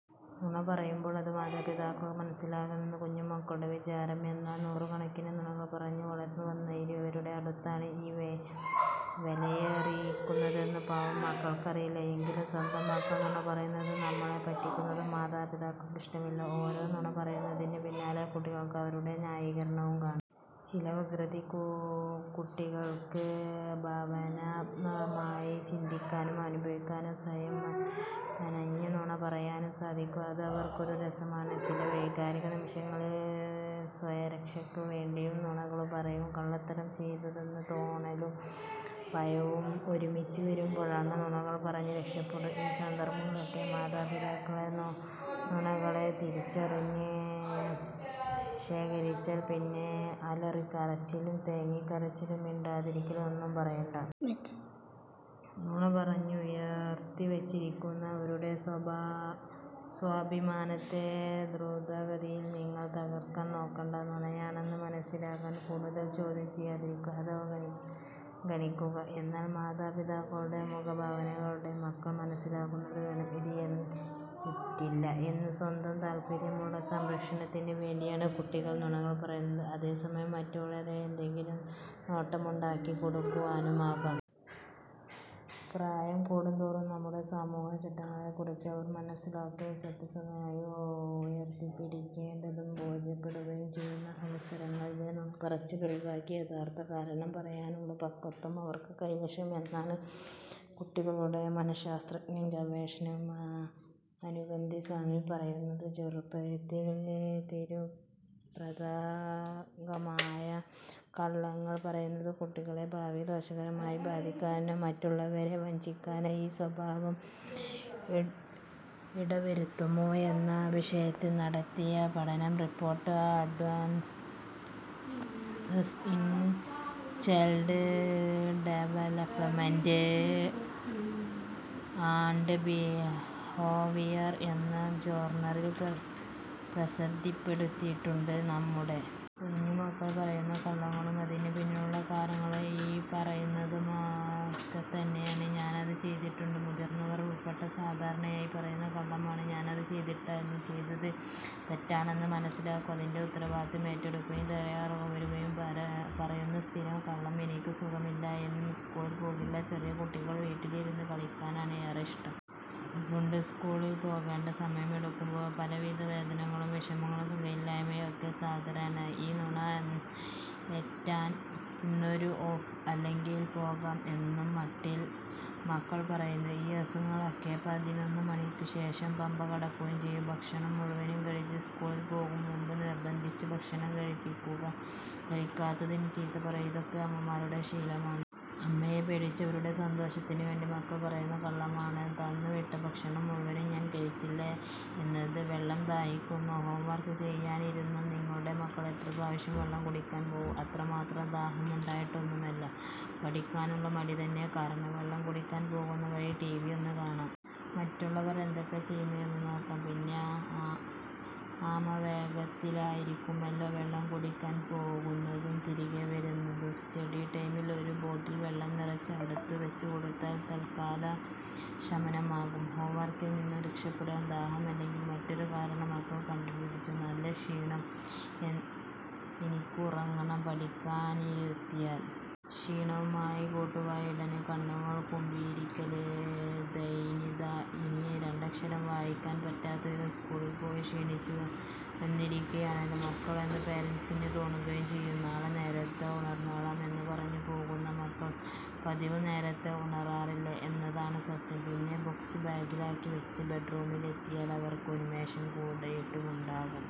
നുണ പറയുമ്പോൾ അത് മാതാപിതാക്കൾക്ക് മനസ്സിലാകില്ലെന്നാണ് കുഞ്ഞുമക്കളുടെ വിചാരം. എന്നാൽ നൂറുകണക്കിന് നുണകൾ പറഞ്ഞ് വളർന്നുവന്ന ഇവരുടെ അടുത്താണ് ഈ വേലയിറക്കുന്നതെന്ന് പാവം മക്കൾക്കറിയില്ലല്ലോ. എങ്കിലും സ്വന്തം മക്കൾ നുണ പറയുന്നതും നമ്മളെ പറ്റിക്കുന്നതൊന്നും മാതാപിതാക്കൾക്കിഷ്ടമല്ല. ഓരോ നുണ പറയുന്നതിന് പിന്നിലും കുട്ടികൾക്ക് അവരുടേതായ ന്യായീകരണങ്ങളും കാണും. ചില വികൃതിക്കുട്ടികൾക്ക് ഭാവനാത്മകമായി ചിന്തിക്കാനും അനുഭവങ്ങൾ സ്വയം മെനഞ്ഞ് നുണ പറയാനും സാധിക്കും. അത് അവർക്കൊരു രസമാണ്. ചില വൈകാരിക നിമിഷങ്ങളിൽ സ്വയരക്ഷയ്ക്ക് വേണ്ടിയും നുണകൾ പറയും. കള്ളത്തരം ചെയ്തെന്ന തോന്നലും ഭയവും ഒരുമിച്ച് വരുമ്പോഴും നുണകൾ പറഞ്ഞ് രക്ഷപ്പെടും.ഈ സന്ദർഭങ്ങളിലൊക്കെ മാതാപിതാക്കൾ നുണകളെ തിരിച്ചറിഞ്ഞ് ശകാരിച്ചാൽ പിന്നെ അലറിക്കരച്ചിലും തേങ്ങിക്കരച്ചിലും മിണ്ടാതിരിക്കലും ഒന്നും പറയണ്ട. നുണ പറഞ്ഞ് ഉയർത്തിവച്ചിരിക്കുന്ന അവരുടെ സ്വാഭിമാനത്തെ ധ്രുതഗതിയിൽ നിങ്ങൾ തകർക്കാൻ നോക്കണ്ട. നുണയാണെന്ന് മനസ്സിലായാൽ കൂടുതൽ ചോദ്യം ചെയ്യാതിരിക്കുക, അത് അവഗണിക്കുക. എന്നാൽ മാതാപിതാക്കളുടെ മുഖഭാവങ്ങളിലൂടെ മക്കൾ മനസ്സിലാക്കുകയും വേണം, ഇത് ഏറ്റില്ല എന്ന്.സ്വന്തം താൽപര്യങ്ങളെ സംരക്ഷിക്കുന്നതിന് വേണ്ടിയാണ് കുട്ടികൾ നുണകൾ പറയുന്നത്. അതേസമയം മറ്റുള്ളവർക്ക് എന്തെങ്കിലും നേട്ടമുണ്ടാക്കി കൊടുക്കാനുമാകാം. പ്രായം കൂടുന്തോറും നമ്മുടെ സാമൂഹിക ചട്ടങ്ങളെക്കുറിച്ച് അവർ മനസ്സിലാക്കുകയും സത്യസന്ധതയാണ് ഉയർത്തിപ്പിടിക്കേണ്ടതെന്ന് ബോധ്യപ്പെടുകയും ചെയ്യും. അനവസരങ്ങളിലെ നുണപറച്ചിൽ ഒഴിവാക്കി യഥാർത്ഥ കാരണം പറയാനുള്ള പക്വതയും അവർക്ക് കൈവരും എന്നാണ് കുട്ടികളുടെ മനഃശാസ്ത്രജ്ഞയും ഗവേഷകയുമായ അരുന്ധതി സ്വാമി പറയുന്നത്. ചെറുപ്പത്തിൽ നിരുപദ്രവകരമായ കള്ളങ്ങൾ പറയുന്നത് കുട്ടികളെ ഭാവിയിൽ ദോഷകരമായി ബാധിക്കുമോ, മറ്റുള്ളവരെ വഞ്ചിക്കാൻ ഈ സ്വഭാവം ഇടവരുത്തുമോ എന്ന വിഷയത്തിൽ നടത്തിയ പഠന report advances in child development and behaviour എന്ന ജേർണലിൽ പ്രസിദ്ധപ്പെടുത്തിയിട്ടുണ്ട്. നമ്മുടെ കുഞ്ഞുമക്കൾ പറയുന്ന കള്ളങ്ങളും അതിനു പിന്നിലുള്ള കാരണങ്ങളും ഈ പറയുന്നതൊക്കെത്തന്നെയല്ലേ? ഞാനത് ചെയ്തിട്ടില്ല. മുതിർന്നവർ ഉൾപ്പെടെ സാധാരണയായി പറയുന്ന കള്ളമാണ് ഞാനത് ചെയ്തിട്ടില്ല എന്ന്. ചെയ്തത് തെറ്റാണെന്ന് മനസ്സിലാക്കുകയും അതിൻ്റെ ഉത്തരവാദിത്തം ഏറ്റെടുക്കാൻ തയ്യാറാകാതെയും വരുമ്പോൾ പറയുന്ന സ്ഥിരം കള്ളം. എനിക്ക് നല്ല സുഖമില്ല, ഇന്ന് സ്കൂളിൽ പോകില്ല. ചെറിയ കുട്ടികൾക്ക് വീട്ടിലിരുന്ന് കളിക്കാനാണ് ഏറെയിഷ്ടം. അതുകൊണ്ട് സ്കൂളിൽ പോകേണ്ട സമയമടുക്കുമ്പോൾ പലവിധ വേദനകളും വിഷമങ്ങളും സുഖമില്ലായ്മയും ഒക്കെ സാധാരണം. ഈ നുണ ഏറ്റാൽ ഇന്നൊരു ഓഫ് അല്ലെങ്കിൽ പോകാം എന്ന മട്ടിൽ മക്കൾ പറയുന്ന ഈ അസുഖങ്ങളൊക്കെ പതിനൊന്ന് മണിക്കുശേഷം പമ്പ കടക്കുകയും ചെയ്യും. ഭക്ഷണം മുഴുവനും കഴിച്ചു. സ്കൂളിൽ പോകുംമുമ്പ് നിർബന്ധിച്ച് ഭക്ഷണം കഴിപ്പിക്കുക, കഴിക്കാത്തതിന് ചീത്ത പറയുക, ഇതൊക്കെ അമ്മമാരുടെ ശീലമാണ്. അമ്മയെ പേടിച്ച് അവരുടെ സന്തോഷത്തിന് വേണ്ടി മക്കൾ പറയുന്ന കള്ളമാണ് തന്നുവിട്ട ഭക്ഷണം മുഴുവൻ ഞാൻ കഴിച്ചു എന്നത്. വെള്ളം ദാഹിക്കുന്നു. ഹോംവർക്ക് ചെയ്യാനിരുത്തിയാൽ നിങ്ങളുടെ മക്കൾ എത്ര പ്രാവശ്യം വെള്ളം കുടിക്കാൻ പോകും? അത്രമാത്രം ദാഹമുണ്ടായിട്ടൊന്നുമല്ല. പഠിക്കാനുള്ള മടി തന്നെ കാരണം. വെള്ളം കുടിക്കാൻ പോകുന്ന വഴിക്ക് ടിവിയൊന്ന് കാണാം. മറ്റുള്ളവർ എന്തൊക്കെ ചെയ്യുന്നു എന്ന് നോക്കാം. പിന്നെ ആമ വേഗത്തിലായിരിക്കുമല്ലോ വെള്ളം കുടിക്കാൻ പോകുന്നതും തിരികെ വരുന്നതും. സ്റ്റഡി ടൈമിൽ ഒരു ബോട്ടിൽ വെള്ളം നിറച്ച് അടുത്ത് വച്ചുകൊടുത്താൽ തൽക്കാല ശമനമാകും. ഹോംവർക്കിൽനിന്നും രക്ഷപ്പെടാൻ ദാഹം അല്ലെങ്കിൽ മറ്റൊരു കാരണം മക്കൾ കണ്ടുപിടിച്ചിരിക്കും. നല്ല ക്ഷീണം, എനിക്കുറങ്ങണം. പഠിപ്പിക്കാനിരുത്തിയാൽ ക്ഷീണമായി കോട്ടുവായിടൽ, കണ്ണുകൾ കൂമ്പിയിരിക്കൽ, ദൈന്യത. ഇനി ഒരക്ഷരം വായിക്കാൻ പറ്റാത്തവിധം സ്കൂളിൽ പോയി ക്ഷീണിച്ചുവന്നിരിക്കയാണല്ലോ മക്കൾ എന്ന് പേരന്റ്സിന് തോന്നുകയും ചെയ്യും. നാളെ നേരത്തേ ഉണർന്നോളാം എന്നു പറഞ്ഞു പോകുന്ന മക്കൾ പതിവിലും നേരത്തേ ഉണരാറില്ല എന്നതാണ് സത്യം. പിന്നെ ബുക്സ് ബാഗിലാക്കി വച്ച് ബെഡ്റൂമിൽ എത്തിയാൽ അവർക്ക് ഉന്മേഷം കൂടിയിട്ടുമുണ്ടാകും.